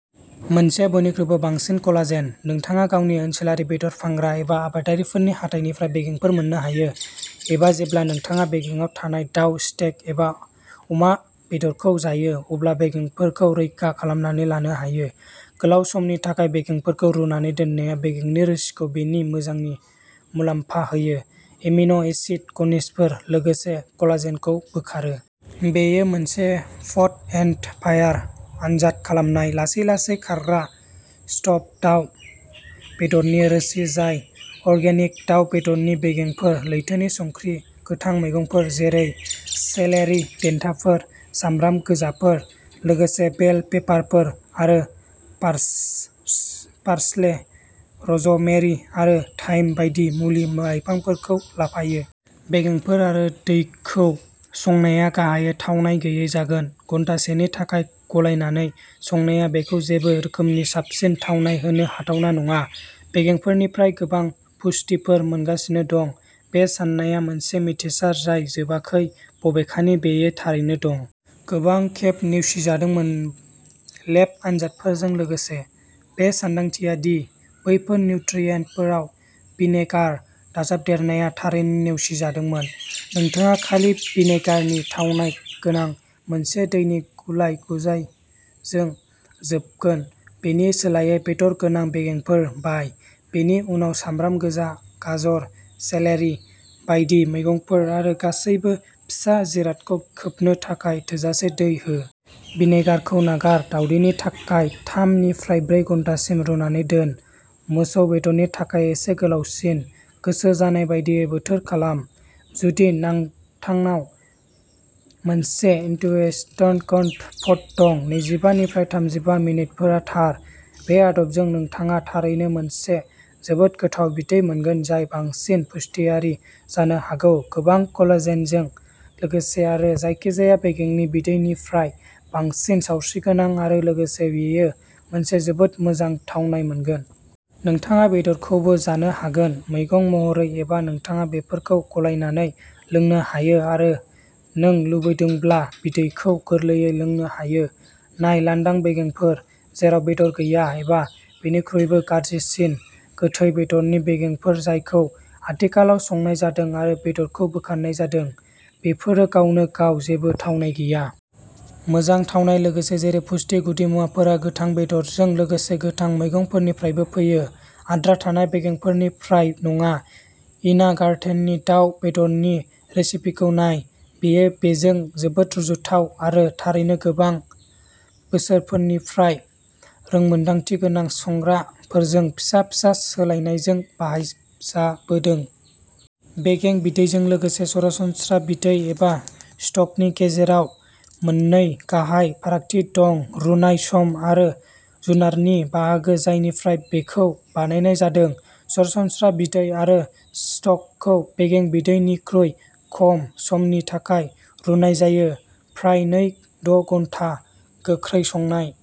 मोनसे बयनिख्रुइबो बांसिन कलाजेन। नोंथाङा गावनि ओनसोलारि बेदर फानग्रा एबा आबादारिफोरनि हाथाइनिफ्राय बेगेंफोर मोननो हायो, एबा जेब्ला नोंथाङा बेगेंआव थानाय दाव, स्टेक, एबा अमा बेदरखौ जायो, अब्ला बेगेंफोरखौ रैखा खालामनानै लानो हायो। गोलाव समनि थाखाय बेगेंफोरखौ रुनानै दोननाया बेगेंनि रोसिखौ बेनि मोजांनि मुलाम्फा होयो, एमिन' एसिड, खनिजफोर, लोगोसे कलाजेनखौ बोखारो। बेयो मोनसे पट एन्ड फायार आनजाद खालामनाय लासै-लासै खारग्रा स्ट'भ दाव बेदरनि रोसि जाय अर्गेनिक दाव बेदरनि बेगेंफोर, लैथोनि संख्रि, गोथां मैगंफोर जेरै सेलेरि देन्थाफोर, सामब्राम गोजाफोर, लोगोसे बेल पेपारफोर, आरो फारस पार्सले, र'जमेरि आरो थाइम बायदि मुलि-लाइफांफोरखौ लाफायो। बेगेंफोर आरो दैखौ संनाया गाहायै थावनाय गैयै जागोन। घन्टासेनि थाखाय गलायनानै संनाया बेखौ जेबो रोखोमनि साबसिन थावनाय होनो हाथावना नङा। बेगेंफोरनिफ्राय गोबां पुष्टिफोर मोनगासिनो दं बे साननाया मोनसे मिथिसार जाय जोबाखै, बबेखानि बेयो थारैनो दं। गोबां खेब नेवसिजादोंमोन, लेब आनजादफोरजों लोगोसे। बे सानदांथिया दि बैफोर निउट्रियेन्टफोराव भिनेगार दाजाबदेरनाया थारैनो नेवसिजादोंमोन। नोंथाङा खालि भिनेगारनि थावनाय गोनां मोनसे दैनि गुलाय-गुजायजों जोबगोन। बेनि सोलायै, बेदर गोनां बेगेंफोर बाय। बेनि उनाव सामब्राम गोजा, गाजर, सेलेरि बायदि मैगंफोर आरो गासैबो फिसा जिरादखौ खोबनो थाखाय थोजासे दै हो। भिनेगारखौ नागार दावदैनि थाखाय थाम निफ्राय ब्रै घन्टासिम रुनानै दोन, मोसौ बेदरनि थाखाय एसे गोलावसिन। गोसो जानाय बायदियै बोथोर खालाम। जुदि नोंथांनाव मोनसे इनटुयएसटान पट दं, नैजिबा निफ्राय थामजिबा मिनिटफोरा थार। बे आदबजों नोंथाङा थारैनो मोनसे जोबोद गोथाव बिदै मोनगोन जाय बांसिन पुष्टियारि जानो हागौ गोबां कलेजेनजों लोगोसे आरो जायखिजाया बेगेंनि बिदैनिफ्राय बांसिन सावस्रिगोनां, आरो लोगोसे बेयो मोनसे जोबोद मोजां थावनाय मोनगोन। नोंथाङा बेदरखौबो जानो हागोन। मैगं महरै एबा नोंथाङा बेफोरखौ गलायनानै लोंनो हायो आरो नों लुबैदोंब्ला बिदैखौ गोरलैयै लोंनो हायो। नाय, लांदां बेगेंफोर जेराव बेदर गैया, एबा, बेनिख्रुइबो गाज्रिसिन, गोथै बेदरनि बेगेंफोर जायखौ आथिखालाव संनाय जादों आरो बेदरखौ बोखारनाय जादों, बेफोरो गावनो गाव जेबो थावनाय गैया। मोजां थावनाय लोगोसे जेरै पुष्टि गुदिमुवाफोरा गोथां बेदरजों लोगोसे गोथां मैगंफोरनिफ्रायबो फैयो, आद्रा थानाय बेगेंफोरनिफ्राय नङा। इना गार्टेननि दाव बेदरनि रेसिपिखौ नाय। बेयो बेजों जोबोद रुजुजाथाव आरो थारैनो गोबां बोसोरफोरनिफ्राय रोंमोनदांथिगोनां संग्राफोरजों फिसा-फिसा सोलायनायजों बाहायजाबोदों। बेगें बिदैजों लोगोसे सरासनस्रा बिदै एबा स्टकनि गेजेराव मोननै गाहाय फारागथि दं रुनाय सम आरो जुनारनि बाहागो जायनिफ्राय बेखौ बानायनाय जादों। सरासनस्रा बिदै आरो स्टकखौ बेगें बिदैनिख्रुइ खम समनि थाखाय रुनाय जायो, फ्राय नै द' घन्टा। गोख्रै संनाय।